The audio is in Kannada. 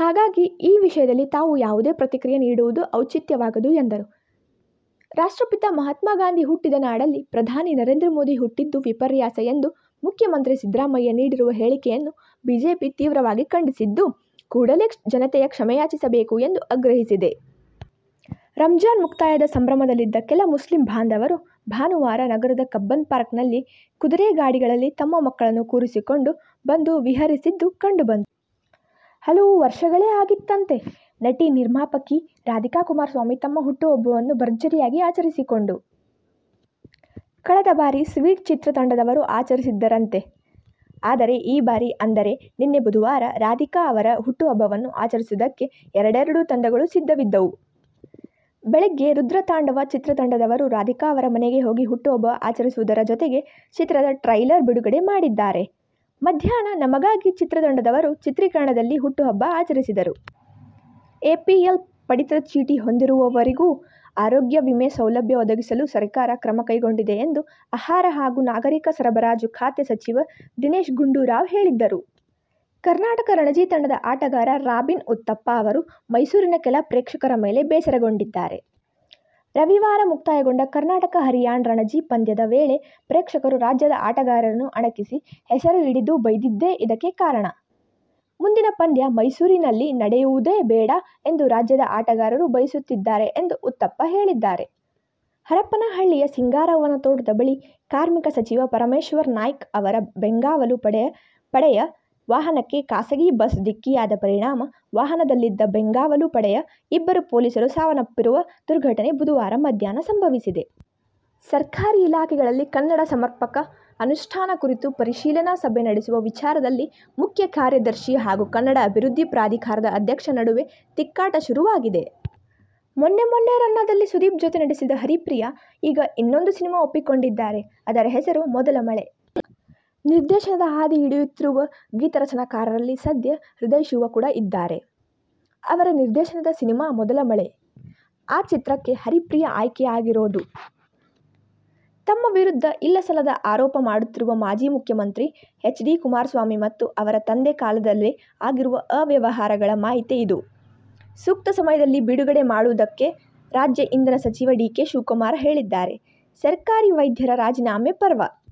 ಹಾಗಾಗಿ, ಈ ವಿಷಯದಲ್ಲಿ ತಾವು ಯಾವುದೇ ಪ್ರತಿಕ್ರಿಯೆ ನೀಡುವುದು ಔಚಿತ್ಯವಾಗದು ಎಂದರು. ರಾಷ್ಟ್ರಪಿತ ಮಹಾತ್ಮ ಗಾಂಧಿ ಹುಟ್ಟಿದ ನಾಡಲ್ಲಿ ಪ್ರಧಾನಿ ನರೇಂದ್ರ ಮೋದಿ ಹುಟ್ಟಿದ್ದು ವಿಪರ್ಯಾಸ ಎಂದು ಮುಖ್ಯಮಂತ್ತಿ ಸಿದ್ದರಾಮಯ್ಯ ನೀಡಿರುವ ಹೇಳಿಕೆಯನ್ನು ಬಿಜೆಪಿ ತೀವ್ರವಾಗಿ ಖಂಡಿಸಿದ್ದು, ಕೂಡಲೇ ಜನತೆಯ ಕ್ಷಮೆಯಾಚಿಸಬೇಕು ಎಂದು ಆಗ್ರಹಿಸಿದೆ. ರಂಜಾನ್ ಮುಕ್ತಾಯದ ಸಂಭ್ರಮದಲ್ಲಿದ್ದ ಕೆಲ ಮುಸ್ಲಿಂ ಬಾಂಧವರು ಭಾನುವಾರ ನಗರದ ಕಬ್ಬನ್ ಪಾರ್ಕ್ನಲ್ಲಿ ಕುದುರೆಗಾಡಿಗಳಲ್ಲಿ ತಮ್ಮ ಮಕ್ಕಳನ್ನು ಕೂರಿಸಿಕೊಂಡು ಬಂದು ವಿಹರಿಸಿದ್ದು ಕಂಡುಬಂತು. ಹಲವು ವರ್ಷಗಳೇ ಆಗಿತ್ತಂತೆ, ನಟಿ-ನಿರ್ಮಾಪಕಿ ರಾಧಿಕಾ ಕುಮಾರಸ್ವಾಮಿ ತಮ್ಮ ಹುಟ್ಟುಹಬ್ಬವನ್ನು ಭರ್ಜರಿಯಾಗಿ ಆಚರಿಸಿಕೊಂಡು. ಕಳೆದ ಬಾರಿ "ಸ್ವೀಟಿ' ಚಿತ್ರತಂಡದವರು ಆಚರಿಸಿದ್ದರಂತೆ. ಆದರೆ, ಈ ಬಾರಿ ಅಂದರೆ ನಿನ್ನೆ ಬುಧವಾರ ರಾಧಿಕಾ ಅವರ ಹುಟ್ಟುಹಬ್ಬವನ್ನು ಆಚರಿಸುವುದಕ್ಕೆ ಎರಡೆರೆಡು ತಂಡಗಳು ಸಿದ್ಧವಿದ್ಧವು. ಬೆಳಿಗ್ಗೆ "ರುದ್ರತಾಂಡವ' ಚಿತ್ರತಂಡದವರು ರಾಧಿಕಾ ಅವರ ಮನೆಗೆ ಹೋಗಿ ಹುಟ್ಟುಹಬ್ಬ ಆಚರಿಸುವುದರ ಜೊತೆಗೆ ಚಿತ್ರದ ಟ್ರೈಲರ್ ಬಿಡುಗಡೆ ಮಾಡಿದರೆ, ಮಧ್ಯಾಹ್ನ "ನಮಗಾಗಿ' ಚಿತ್ರತಂಡದವರು ಚಿತ್ರೀಕರಣದಲ್ಲಿ ಹುಟ್ಟುಹಬ್ಬ ಆಚರಿಸಿದರು. ಎಪಿಎಲ್ ಪಡಿತರ ಚೀಟಿ ಹೊಂದಿರುವವರಿಗೂ ಆರೋಗ್ಯ ವಿಮೆ ಸೌಲಭ್ಯ ಒದಗಿಸಲು ಸರಕಾರ ಕ್ರಮ ಕೈಗೊಂಡಿದೆ ಎಂದು ಆಹಾರ ಹಾಗೂ ನಾಗರಿಕ ಸರಬರಾಜು ಖಾತೆ ಸಚಿವ ದಿನೇಶ ಗುಂಡೂರಾವ್ ಹೇಳಿದರು. ಕರ್ನಾಟಕ ರಣಜಿ ತಂಡದ ಆಟಗಾರ ರಾಬಿನ್ ಉತ್ತಪ್ಪ ಅವರು ಮೈಸೂರಿನ ಕೆಲ ಪ್ರೇಕ್ಷಕರ ಮೇಲೆ ಬೇಸರಗೊಂಡಿದ್ದಾರೆ. ರವಿವಾರ ಮುಕ್ತಾಯಗೊಂಡ ಕರ್ನಾಟಕ-ಹರಿಯಾಣ ರಣಜಿ ಪಂದ್ಯದ ವೇಳೆ ಪ್ರೇಕ್ಷಕರು ರಾಜ್ಯದ ಆಟಗಾರರನ್ನು ಅಣಕಿಸಿ, ಹೆಸರು ಹಿಡಿದು ಬೈದಿದ್ದೇ ಇದಕ್ಕೆ ಕಾರಣ. ಮುಂದಿನ ಪಂದ್ಯ ಮೈಸೂರಿನಲ್ಲಿ ನಡೆಯುವುದೇ ಬೇಡ ಎಂದು ರಾಜ್ಯದ ಆಟಗಾರರು ಬಯಸುತ್ತಿದ್ದಾರೆ ಎಂದು ಉತ್ತಪ್ಪ ಹೇಳಿದ್ದಾರೆ. ಹರಪನಹಳ್ಳಿಯ ಸಿಂಗಾರವ್ವನ ತೋಟದ ಬಳಿ ಕಾರ್ಮಿಕ ಸಚಿವ ಪರಮೇಶ್ವರ್ ನಾಯ್ಕ್ ಅವರ ಬೆಂಗಾವಲು ಪಡೆಯ ವಾಹನಕ್ಕೆ ಖಾಸಗಿ ಬಸ್ ಢಿಕ್ಕಿಯಾದ ಪರಿಣಾಮ ವಾಹನದಲ್ಲಿದ್ದ ಬೆಂಗಾವಲು ಪಡೆಯ ಇಬ್ಬರು ಪೊಲೀಸರು ಸಾವನ್ನಪ್ಪಿರುವ ದುರ್ಘ ಟನೆ ಬುಧವಾರ ಮಧ್ಯಾಹ್ನ ಸಂಭವಿಸಿದೆ. ಸರ್ಕಾರಿ ಇಲಾಖೆಗಳಲ್ಲಿ ಕನ್ನಡ ಸಮರ್ಪಕ ಅನುಷ್ಠಾನ ಕುರಿತು ಪರಿಶೀಲನಾ ಸಭೆ ನಡೆಸುವ ವಿಚಾರದಲ್ಲಿ ಮುಖ್ಯ ಕಾರ್ಯದರ್ಶಿ ಹಾಗೂ ಕನ್ನಡ ಅಭಿವೃದ್ಧಿ ಪ್ರಾಧಿಕಾರದ ಅಧ್ಯಕ್ಷರ ನಡುವೆ ತಿಕ್ಕಾಟ ಶುರುವಾಗಿದೆ. ಮೊನ್ನೆ ಮೊನ್ನೆ "ರನ್ನ'ದಲ್ಲಿ ಸುದೀಪ್ ಜೊತೆ ನಟಿಸಿದ ಹರಿಪ್ರಿಯಾ, ಈಗ ಇನ್ನೊಂದು ಸಿನಿಮಾ ಒಪ್ಪಿಕೊಂಡಿದ್ದಾರೆ. ಅದರ ಹೆಸರು "ಮೊದಲ ಮಳೆ'. ನಿರ್ದೇಶನದ ಹಾದಿ ಹಿಡಿಯುತ್ತಿರುವ ಗೀತರಚನಾಕಾರರಲ್ಲಿ ಸದ್ಯ ಹೃದಯಶಿವ ಕೂಡ ಇದ್ದಾರೆ. ಅವರ ನಿರ್ದೇಶನದ ಸಿನಿಮಾ "ಮೊದಲ ಮಳೆ'. ಆ ಚಿತ್ರಕ್ಕೆ ಹರಿಪ್ರಿಯಾ ಆಯ್ಕೆಯಾಗಿರೋದು. ತಮ್ಮ ವಿರುದ್ಧ ಇಲ್ಲಸಲ್ಲದ ಆರೋಪ ಮಾಡುತ್ತಿರುವ ಮಾಜಿ ಮುಖ್ಯಮಂತ್ರಿ ಎಚ್. ಡಿ. ಕುಮಾರಸ್ವಾಮಿ ಮತ್ತು ಅವರ ತಂದೆ ಕಾಲದಲ್ಲಿ ಆಗಿರುವ ಅವ್ಯವಹಾರಗಳ ಮಾಹಿತಿ ಇದ್ದು, ಸೂಕ್ತ ಸಮಯದಲ್ಲಿ ಬಿಡುಗಡೆ ಮಾಡುವುದಾಗಿ ರಾಜ್ಯ ಇಂಧನ ಸಚಿವ ಡಿ. ಕೆ. ಶಿವಕುಮಾರ್ ಹೇಳಿದ್ದಾರೆ. ಸರ್ಕಾರಿ ವೈದ್ಯರ ರಾಜೀನಾಮೆ ಪರ್ವ